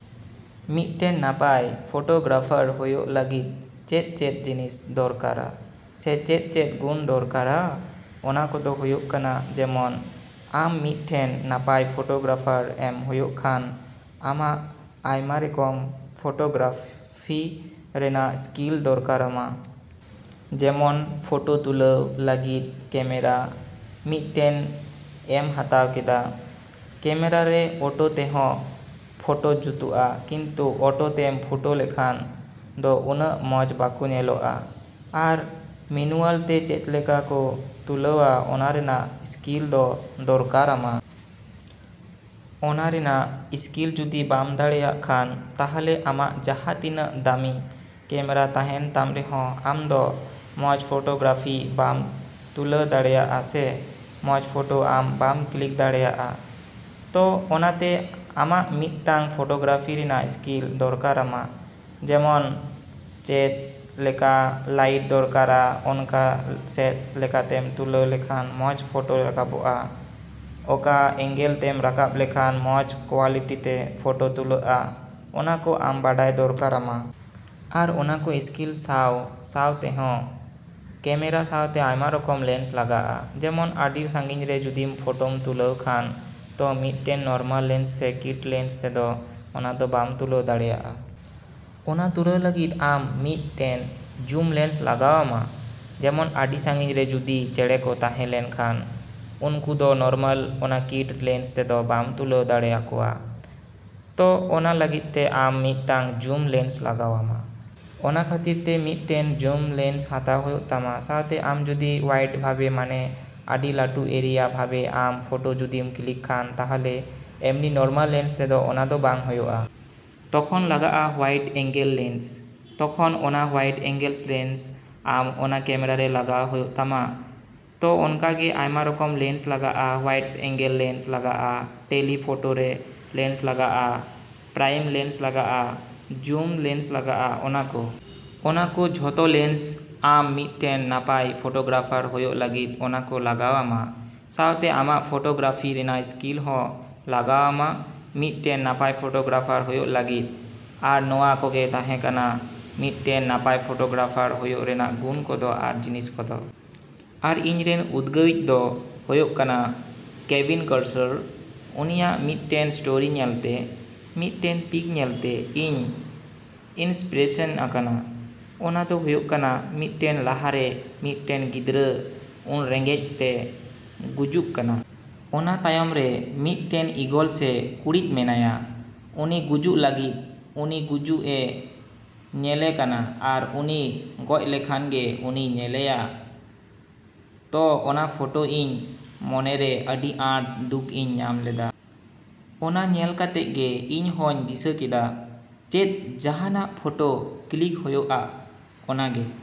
ᱢᱤᱫ ᱴᱮᱱ ᱱᱟᱯᱟᱭ ᱯᱷᱳᱴᱳᱜᱨᱟᱯᱷᱟᱨ ᱦᱳᱭᱳᱜ ᱞᱟᱹᱜᱤᱫ ᱪᱮᱫ ᱪᱮᱫ ᱡᱤᱱᱤᱥ ᱫᱚᱨᱠᱟᱨᱟ ᱥᱮ ᱪᱮᱫ ᱪᱮᱫ ᱜᱩᱱ ᱫᱚᱨᱠᱟᱨᱟ? ᱚᱱᱟ ᱠᱚᱫᱚ ᱦᱳᱭᱳᱜ ᱠᱟᱱᱟ ᱡᱮᱢᱚᱱ ᱟᱢ ᱢᱤᱫ ᱴᱮᱱ ᱱᱟᱯᱟᱭ ᱯᱷᱳᱴᱳᱜᱨᱟᱯᱷᱟᱨ ᱮᱢ ᱦᱳᱭᱳᱜ ᱠᱷᱟᱱ, ᱟᱢᱟᱜ ᱟᱭᱢᱟ ᱨᱚᱠᱚᱢ ᱯᱷᱳᱴᱳᱜᱨᱟᱯᱷᱤ ᱨᱮᱱᱟᱜ ᱥᱠᱤᱞ ᱫᱚᱨᱠᱟᱨᱟᱢᱟ᱾ ᱡᱮᱢᱚᱱ ᱯᱷᱳᱴᱳ ᱛᱩᱞᱟᱹᱣ ᱞᱟᱹᱜᱤᱫ ᱠᱮᱢᱮᱨᱟ ᱢᱤᱫ ᱴᱮᱱ ᱮᱢ ᱦᱟᱛᱟᱣ ᱠᱮᱫᱟ᱾ ᱠᱮᱢᱮᱨᱟ ᱨᱮ ᱚᱴᱳ ᱛᱮᱦᱚᱸ ᱯᱷᱳᱴᱳ ᱡᱩᱛᱚᱜᱼᱟ ᱠᱤᱱᱛᱩ ᱚᱴᱳ ᱛᱮᱢ ᱯᱷᱳᱴᱳ ᱞᱮᱠᱷᱟᱱ ᱫᱚ ᱩᱱᱟᱹᱜ ᱢᱚᱸᱡᱽ ᱵᱟᱠᱚ ᱧᱮᱞᱚᱜᱼᱟ᱾ ᱟᱨ ᱢᱤᱱᱩᱣᱟᱞ ᱛᱮ ᱪᱮᱫ ᱞᱮᱠᱟ ᱠᱚ ᱛᱩᱞᱟᱹᱣᱟ ᱚᱱᱟ ᱨᱮᱱᱟᱜ ᱥᱠᱤᱞ ᱟᱢ ᱫᱚᱨᱠᱟᱨᱟᱢᱟ᱾ ᱚᱱᱟ ᱨᱮᱱᱟᱜ ᱥᱠᱤᱞ ᱡᱚᱫᱤ ᱵᱟᱢ ᱵᱟᱲᱟᱭ ᱠᱷᱟᱱ ᱛᱟᱦᱚᱞᱮ ᱟᱢᱟᱜ ᱡᱟᱦᱟᱸ ᱛᱤᱱᱟᱹᱜ ᱫᱟᱹᱢᱤ ᱠᱮᱢᱮᱨᱟ ᱛᱟᱦᱮᱱ ᱛᱟᱢ ᱨᱮᱦᱚᱸ ᱟᱢᱫᱚ ᱢᱚᱸᱡᱽ ᱯᱷᱳᱴᱳᱜᱨᱟᱯᱷᱤ ᱵᱟᱢ ᱛᱩᱞᱟᱹᱣ ᱫᱟᱲᱮᱹᱭᱟᱜ ᱥᱮ ᱢᱚᱸᱡᱽ ᱯᱷᱳᱴᱳ ᱟᱢ ᱵᱟᱢ ᱠᱞᱤᱠ ᱫᱟᱲᱮᱹᱭᱟᱜᱼᱟ᱾ ᱛᱚ ᱚᱱᱟᱛᱮ ᱟᱢᱟᱜ ᱢᱤᱫ ᱴᱟᱝ ᱯᱷᱳᱴᱳᱜᱨᱟᱯᱷᱤ ᱨᱮᱱᱟᱜ ᱥᱠᱤᱞ ᱫᱚᱨᱠᱟᱨᱟᱢᱟ ᱡᱮᱢᱚᱱ ᱪᱮᱫ ᱞᱮᱠᱟ ᱞᱟᱭᱤᱴ ᱫᱚᱨᱠᱟᱨᱟ, ᱚᱠᱟ ᱥᱮᱫ ᱞᱮᱠᱟᱛᱮᱢ ᱛᱩᱞᱟᱹᱣ ᱞᱮᱠᱷᱟᱱ ᱢᱚᱸᱡᱽ ᱯᱷᱳᱴᱳ ᱨᱟᱠᱟᱵᱚᱜᱼᱟ, ᱚᱠᱟ ᱮᱝᱜᱮᱞ ᱛᱮᱢ ᱨᱟᱠᱟᱵ ᱞᱮᱠᱷᱟᱱ ᱢᱚᱸᱡᱽ ᱠᱳᱣᱟᱞᱤᱴᱤ ᱛᱮ ᱯᱷᱳᱴᱳ ᱛᱩᱞᱟᱹᱜᱼᱟ, ᱚᱱᱟᱠᱚ ᱟᱢ ᱵᱟᱰᱟᱭ ᱫᱚᱨᱠᱟᱨᱟᱢᱟ᱾ ᱟᱨ ᱚᱱᱟ ᱠᱚ ᱥᱠᱤᱞ ᱥᱟᱶ ᱥᱟᱶᱛᱮᱦᱚᱸ ᱠᱮᱢᱮᱨᱟ ᱥᱟᱶᱛᱮ ᱟᱭᱢᱟ ᱨᱚᱠᱚᱢ ᱞᱮᱱᱥ ᱞᱟᱜᱟᱜᱼᱟ᱾ ᱡᱮᱢᱚᱱ ᱟᱹᱰᱤ ᱥᱟᱹᱜᱤᱧ ᱨᱮ ᱡᱩᱫᱤᱢ ᱯᱷᱳᱴᱳᱢ ᱛᱩᱞᱟᱹᱣ ᱠᱷᱟᱱ ᱛᱚ ᱢᱤᱫ ᱴᱮᱱ ᱱᱚᱨᱢᱟᱞ ᱞᱮᱱᱥ ᱥᱮ ᱠᱤᱴ ᱞᱮᱱᱥ ᱛᱮᱫᱚ ᱚᱱᱟ ᱫᱚ ᱵᱟᱢ ᱛᱩᱞᱟᱹᱣ ᱫᱟᱲᱮᱹᱭᱟᱜᱼᱟ᱾ ᱚᱱᱟ ᱛᱩᱞᱟᱹᱣ ᱞᱟᱹᱜᱤᱫ ᱟᱢ ᱢᱤᱫ ᱴᱮᱱ ᱡᱩᱢ ᱞᱮᱱᱥ ᱞᱟᱜᱟᱣ ᱟᱢᱟ᱾ ᱡᱮᱢᱚᱱ ᱟᱹᱰᱤ ᱥᱟᱹᱜᱤᱧ ᱨᱮ ᱡᱩᱫᱤ ᱪᱮᱬᱮ ᱠᱚ ᱛᱟᱦᱮᱸ ᱞᱮᱱ ᱠᱷᱟᱱ ᱩᱱᱠᱩ ᱫᱚ ᱱᱚᱨᱢᱟᱞ ᱚᱱᱟ ᱠᱤᱴ ᱞᱮᱱᱥ ᱛᱮᱫᱚ ᱵᱟᱢ ᱛᱩᱞᱟᱹᱣ ᱫᱟᱲᱮᱭᱟᱠᱚᱣᱟ᱾ ᱛᱚ ᱚᱱᱟ ᱞᱟᱹᱜᱤᱫ ᱛᱮ ᱟᱢ ᱢᱤᱫ ᱴᱟᱝ ᱡᱩᱢ ᱞᱮᱱᱥ ᱞᱟᱜᱟᱣ ᱟᱢᱟ᱾ ᱚᱱᱟ ᱠᱷᱟᱹᱛᱤᱨ ᱛᱮ ᱢᱤᱫ ᱴᱮᱱ ᱡᱩᱢ ᱞᱮᱱᱥ ᱦᱟᱛᱟᱣ ᱦᱳᱭᱳᱜ ᱛᱟᱢᱟ᱾ ᱥᱟᱶᱛᱮ ᱟᱢ ᱡᱚᱫᱤ ᱚᱣᱟᱭᱤᱰ ᱵᱷᱟᱵᱮ ᱢᱟᱱᱮ ᱟᱹᱰᱤ ᱞᱟᱹᱴᱩ ᱮᱨᱤᱭᱟ ᱵᱷᱟᱵᱮ ᱟᱢ ᱯᱷᱳᱴᱳ ᱡᱚᱫᱤᱢ ᱠᱞᱤᱠ ᱠᱷᱟᱱ ᱛᱟᱦᱚᱞᱮ ᱮᱢᱱᱤ ᱱᱚᱨᱢᱟᱞ ᱞᱮᱱᱥ ᱛᱮᱫᱚ ᱚᱱᱟ ᱫᱚ ᱵᱟᱝ ᱦᱳᱭᱳᱜᱼᱟ᱾ ᱛᱚᱠᱷᱚᱱ ᱞᱟᱜᱟᱜᱼᱟ ᱦᱳᱣᱟᱭᱤᱴ ᱮᱝᱜᱮᱞ ᱞᱮᱱᱥ᱾ ᱛᱚᱠᱷᱚᱱ ᱚᱱᱟ ᱦᱳᱣᱟᱭᱤᱴ ᱮᱝᱜᱮᱞ ᱞᱮᱱᱥ ᱟᱢ ᱚᱱᱟ ᱠᱮᱢᱮᱨᱟ ᱨᱮ ᱞᱟᱜᱟᱣ ᱦᱳᱭᱳᱜ ᱛᱟᱢᱟ᱾ ᱛᱚ ᱚᱱᱠᱟ ᱜᱮ ᱟᱭᱢᱟ ᱨᱚᱠᱚᱢ ᱞᱮᱱᱥ ᱞᱟᱜᱟᱜᱼᱟ᱾ ᱦᱳᱣᱟᱭᱤᱴ ᱮᱝᱜᱮᱞ ᱞᱮᱱᱥ ᱞᱟᱜᱟᱜᱼᱟ, ᱴᱮᱞᱤ ᱯᱷᱳᱴᱳ ᱨᱮ ᱞᱮᱱᱥ ᱞᱟᱜᱟᱜᱼᱟ, ᱯᱨᱟᱭᱤᱢ ᱞᱮᱱᱥ ᱞᱟᱜᱟᱜᱼᱟ, ᱡᱩᱢ ᱞᱮᱱᱥ ᱞᱟᱜᱟᱜᱼᱟ ᱚᱱᱟᱠᱚ᱾ ᱚᱱᱟ ᱠᱚ ᱡᱷᱚᱛᱚ ᱞᱮᱱᱥ ᱟᱢ ᱢᱤᱫ ᱴᱮᱱ ᱱᱟᱯᱟᱭ ᱯᱷᱳᱴᱳᱜᱨᱟᱯᱷᱟᱨ ᱦᱳᱭᱳᱜ ᱞᱟᱹᱜᱤᱫ ᱚᱱᱟᱠᱚ ᱞᱟᱜᱟᱣ ᱟᱢᱟ᱾ ᱥᱟᱶᱛᱮ ᱟᱢᱟᱜ ᱯᱷᱳᱴᱳᱜᱨᱟᱯᱷᱤ ᱨᱮᱭᱟᱜ ᱥᱠᱤᱞ ᱦᱚᱸ ᱞᱟᱜᱟᱣ ᱟᱢᱟ ᱢᱤᱫ ᱴᱮᱱ ᱱᱟᱯᱟᱭ ᱯᱷᱳᱴᱳᱜᱨᱟᱯᱷᱟᱨ ᱦᱳᱭᱳᱜ ᱞᱟᱹᱜᱤᱫ᱾ ᱟᱨ ᱱᱚᱶᱟ ᱠᱚᱜᱮ ᱛᱟᱦᱮᱸ ᱠᱟᱱᱟ ᱢᱤᱫ ᱴᱮᱱ ᱱᱟᱯᱟᱭ ᱯᱷᱳᱴᱳᱜᱨᱟᱯᱷᱟᱨ ᱦᱳᱭᱳᱜ ᱨᱮᱱᱟᱜ ᱜᱩᱱ ᱠᱚᱫᱚ ᱟᱨ ᱡᱤᱱᱤᱥ ᱠᱚᱫᱚ᱾ ᱟᱨ ᱤᱧ ᱨᱮᱱ ᱩᱫᱜᱟᱹᱣ ᱤᱡ ᱫᱚ ᱦᱳᱭᱳᱜ ᱠᱟᱱᱟ ᱠᱮᱵᱷᱤᱱ ᱠᱟᱨᱥᱟᱨ᱾ ᱩᱱᱤᱭᱟᱜ ᱢᱤᱫ ᱴᱮᱱ ᱥᱴᱳᱨᱤ ᱧᱮᱞᱛᱮ, ᱢᱤᱫ ᱴᱮᱱ ᱯᱤᱠ ᱧᱮᱞᱛᱮ ᱤᱧ ᱤᱱᱥᱯᱨᱮᱥᱮᱱ ᱟᱠᱟᱱᱟ᱾ ᱚᱱᱟ ᱫᱚ ᱦᱩᱭᱩᱜ ᱠᱟᱱᱟ ᱢᱤᱫ ᱴᱮᱱ ᱞᱟᱦᱟ ᱨᱮ ᱢᱤᱫ ᱴᱮᱱ ᱜᱤᱫᱽᱨᱟᱹ ᱩᱱ ᱨᱮᱸᱜᱮᱡ ᱛᱮ ᱜᱩᱡᱩᱜ ᱠᱟᱱᱟ᱾ ᱚᱱᱟ ᱛᱟᱭᱚᱢ ᱨᱮ ᱢᱤᱫ ᱴᱮᱱ ᱤᱜᱚᱞ ᱥᱮ ᱠᱩᱲᱤᱫ ᱢᱮᱱᱟᱭᱟ᱾ ᱩᱱᱤ ᱜᱩᱡᱩᱜ ᱞᱟᱹᱜᱤᱫ ᱩᱱᱤ ᱜᱩᱡᱩᱜ ᱮ ᱧᱮᱞᱮ ᱠᱟᱱᱟ ᱟᱨ ᱩᱱᱤ ᱜᱚᱡ ᱞᱮᱱᱠᱷᱟᱱ ᱜᱮ ᱩᱱᱤᱭ ᱧᱮᱞᱮᱭᱟ᱾ ᱛᱚ ᱚᱱᱟ ᱯᱷᱳᱴᱳ ᱤᱧ ᱢᱚᱱ ᱨᱮ ᱟᱹᱰᱤ ᱟᱸᱴ ᱫᱩᱠ ᱤᱧ ᱧᱟᱢ ᱞᱮᱫᱟ᱾ ᱚᱱᱟ ᱧᱮᱞ ᱠᱟᱛᱮᱫ ᱜᱮ ᱤᱧ ᱦᱚᱸᱧ ᱫᱤᱥᱟᱹ ᱠᱮᱫᱟ ᱪᱮᱫ ᱡᱟᱦᱟᱱᱟᱜ ᱯᱷᱳᱴᱳ ᱠᱞᱤᱠ ᱦᱳᱭᱳᱜᱼᱟ᱾ ᱚᱱᱟᱜᱮ।